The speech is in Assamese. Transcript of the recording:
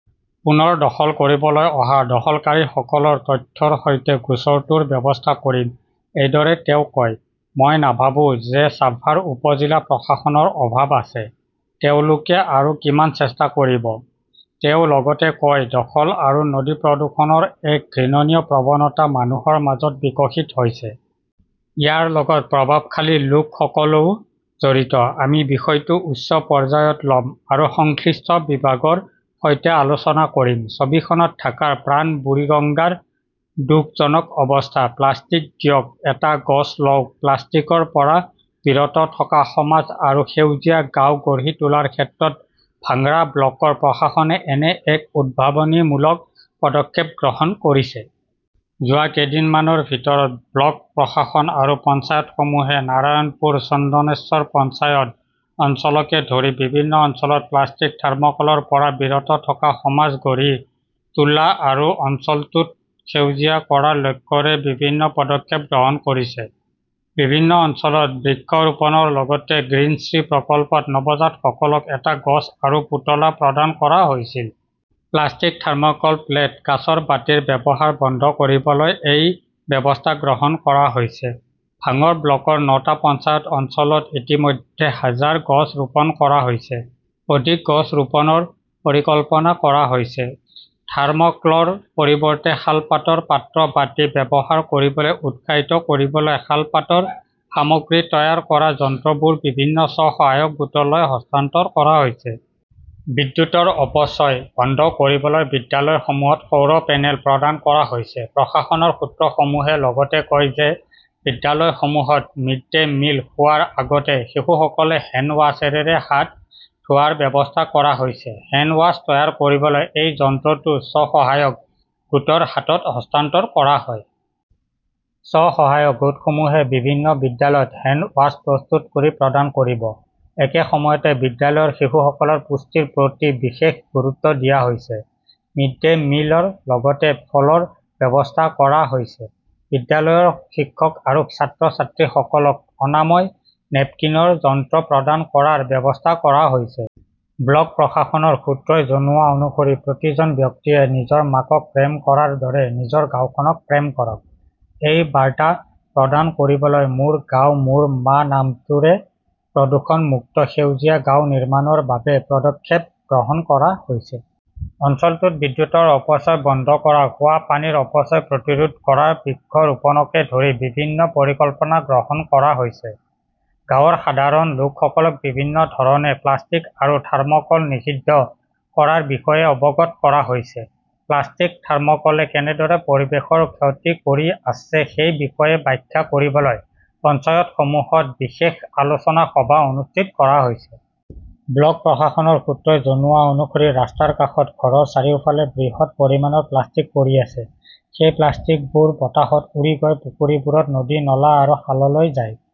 পুনৰ দখল কৰিবলৈ অহা দখলকাৰীসকলৰ তথ্যৰ সৈতে গোচৰটোৰ ব্যৱস্থা কৰিম, এইদৰে তেওঁ কয়। মই নাভাবো যে ছাভাৰ উপ-জিলা প্ৰশাসনৰ অভাৱ আছে। তেওঁলোকে আৰু কিমান চেষ্টা কৰিব? তেওঁ লগতে কয়, দখল আৰু নদী প্ৰদূষণৰ এক ঘৃণনীয় প্ৰৱণতা মানুহৰ মাজত বিকশিত হৈছে। ইয়াৰ লগত প্ৰভাৱশালী লোকসকলও জড়িত। আমি বিষয়টো উচ্চ পৰ্যায়ত ল'ম আৰু সংশ্লিষ্ট বিভাগৰ সৈতে আলোচনা কৰিম। । ছবিখনত ঢাকাৰ প্ৰাণ বুৰিগঙ্গাৰ দুখজনক অৱস্থা 'প্লাষ্টিক দিয়ক, এটা গছ লওক, প্লাষ্টিকৰ পৰা বিৰত থকা সমাজ আৰু সেউজীয়া গাঁও গঢ়ি তোলাৰ ক্ষেত্ৰত ভাংৰা ব্লকৰ প্ৰশাসনে এনে এক উদ্ভাৱনীমূলক পদক্ষেপ গ্ৰহণ কৰিছে। যোৱা কেইদিনমানৰ ভিতৰত ব্লক প্ৰশাসন আৰু পঞ্চায়তসমূহে নাৰায়ণপুৰ, চন্দনেশ্বৰ পঞ্চায়ত অঞ্চলকে ধৰি বিভিন্ন অঞ্চলত প্লাষ্টিক, থাৰ্ম'কলৰ পৰা বিৰত থকা সমাজ গঢ়ি তোলা আৰু অঞ্চলটোত সেউজীয়া কৰাৰ লক্ষ্যৰে বিভিন্ন পদক্ষেপ গ্ৰহণ কৰিছে। বিভিন্ন অঞ্চলত বৃক্ষৰোপণৰ লগতে গ্ৰীণশ্ৰী প্ৰকল্পত নৱজাতকসকলক এটা গছ আৰু পুতলা প্ৰদান কৰা হৈছিল। প্লাষ্টিক, থাৰ্ম 'কল প্লেট, কাঁচৰ বাটিৰ ব্যৱহাৰ বন্ধ কৰিবলৈ এই ব্যৱস্থা গ্ৰহণ কৰা হৈছে। ভাংৰ ব্লকৰ নটা পঞ্চায়ত অঞ্চলত ইতিমধ্যে হাজাৰ গছ ৰোপণ কৰা হৈছে। অধিক গছ ৰোপণৰ পৰিকল্পনা কৰা হৈছে। থাৰ্মোক্লৰ পৰিৱৰ্তে শালপাতৰ পাত্ৰ, বাটি ব্যৱহাৰ কৰিবলৈ উৎসাহিত কৰিবলৈ শালপাতৰ সামগ্ৰী তৈয়াৰ কৰা যন্ত্ৰবোৰ বিভিন্ন স্ব-সহায়ক গোটলৈ হস্তান্তৰ কৰা হৈছে। বিদ্যুৎৰ অপচয় বন্ধ কৰিবলৈ বিদ্যালয়সমূহত সৌৰ পেনেল প্ৰদান কৰা হৈছে। প্ৰশাসনৰ সূত্ৰসমূহে লগতে কয় যে, বিদ্যালয়সমূহত মিড -ডে মিল খোৱাৰ আগতে শিশুসকলে হেণ্ড ৱাশ্বৰেৰে হাত ধোৱাৰ ব্যৱস্থা কৰা হৈছে। হেণ্ড ৱাছ তৈয়াৰ কৰিবলৈ এই যন্ত্ৰটো স্ব-সহায়ক গোটৰ হাতত হস্তান্তৰ কৰা হয়। স্ব-সহায়ক গোটসমূহে বিভিন্ন বিদ্যালয়ত হেণ্ড ৱাছ প্ৰস্তুত কৰি প্ৰদান কৰিব। একে সময়তে বিদ্যালয়ৰ শিশুসকলৰ পুষ্টিৰ প্ৰতি বিশেষ গুৰুত্ব দিয়া হৈছে। মিড ডে মিলৰ লগতে ফলৰ ব্যৱস্থা কৰা হৈছে। বিদ্যালয়ৰ শিক্ষক আৰু ছাত্ৰ-ছাত্ৰীসকলক অনাময় নেপকিনৰ যন্ত্ৰ প্ৰদান কৰাৰ ব্যৱস্থা কৰা হৈছে। ব্লক প্ৰশাসনৰ সূত্ৰই জনোৱা অনুসৰি প্ৰতিজন ব্যক্তিয়ে নিজৰ মাকক প্ৰেম কৰাৰ দৰে নিজৰ গাওঁখনক প্ৰেম কৰক। এই বাৰ্তা প্ৰদান কৰিবলৈ 'মোৰ গাওঁ, মোৰ মা' নামটোৰে প্ৰদূষণ-মুক্ত, সেউজীয়া গাঁও নিৰ্মাণৰ বাবে পদক্ষেপ গ্ৰহণ কৰা হৈছে। অঞ্চলটোত বিদ্যুৎৰ অপচয় বন্ধ কৰা, খোৱা পানীৰ অপচয় প্ৰতিৰোধ কৰা, বৃক্ষৰোপণকে ধৰি বিভিন্ন পৰিকল্পনা গ্ৰহণ কৰা হৈছে। গাঁৱৰ সাধাৰণ লোকসকলক বিভিন্ন ধৰণে প্লাষ্টিক আৰু থৰ্ম'কল নিষিদ্ধ কৰাৰ বিষয়ে অৱগত কৰা হৈছে। প্লাষ্টিক, থাৰ্মোকোলে কেনেদৰে পৰিৱেশৰ ক্ষতি কৰি আছে সেই বিষয়ে ব্যাখ্যা কৰিবলৈ পঞ্চায়তসমূহত বিশেষ আলোচনা সভা অনুষ্ঠিত কৰা হৈছে। ব্লক প্ৰশাসনৰ সূত্ৰই জনোৱা অনুসৰি ৰাস্তাৰ কাষত, ঘৰৰ চাৰিওফালে বৃহৎ পৰিমাণৰ প্লাষ্টিক পৰি আছে। সেই প্লাষ্টিকবোৰ বতাহত উৰি গৈ পুখুৰীবোৰত নদী, নলা আৰু খাললৈ যায়।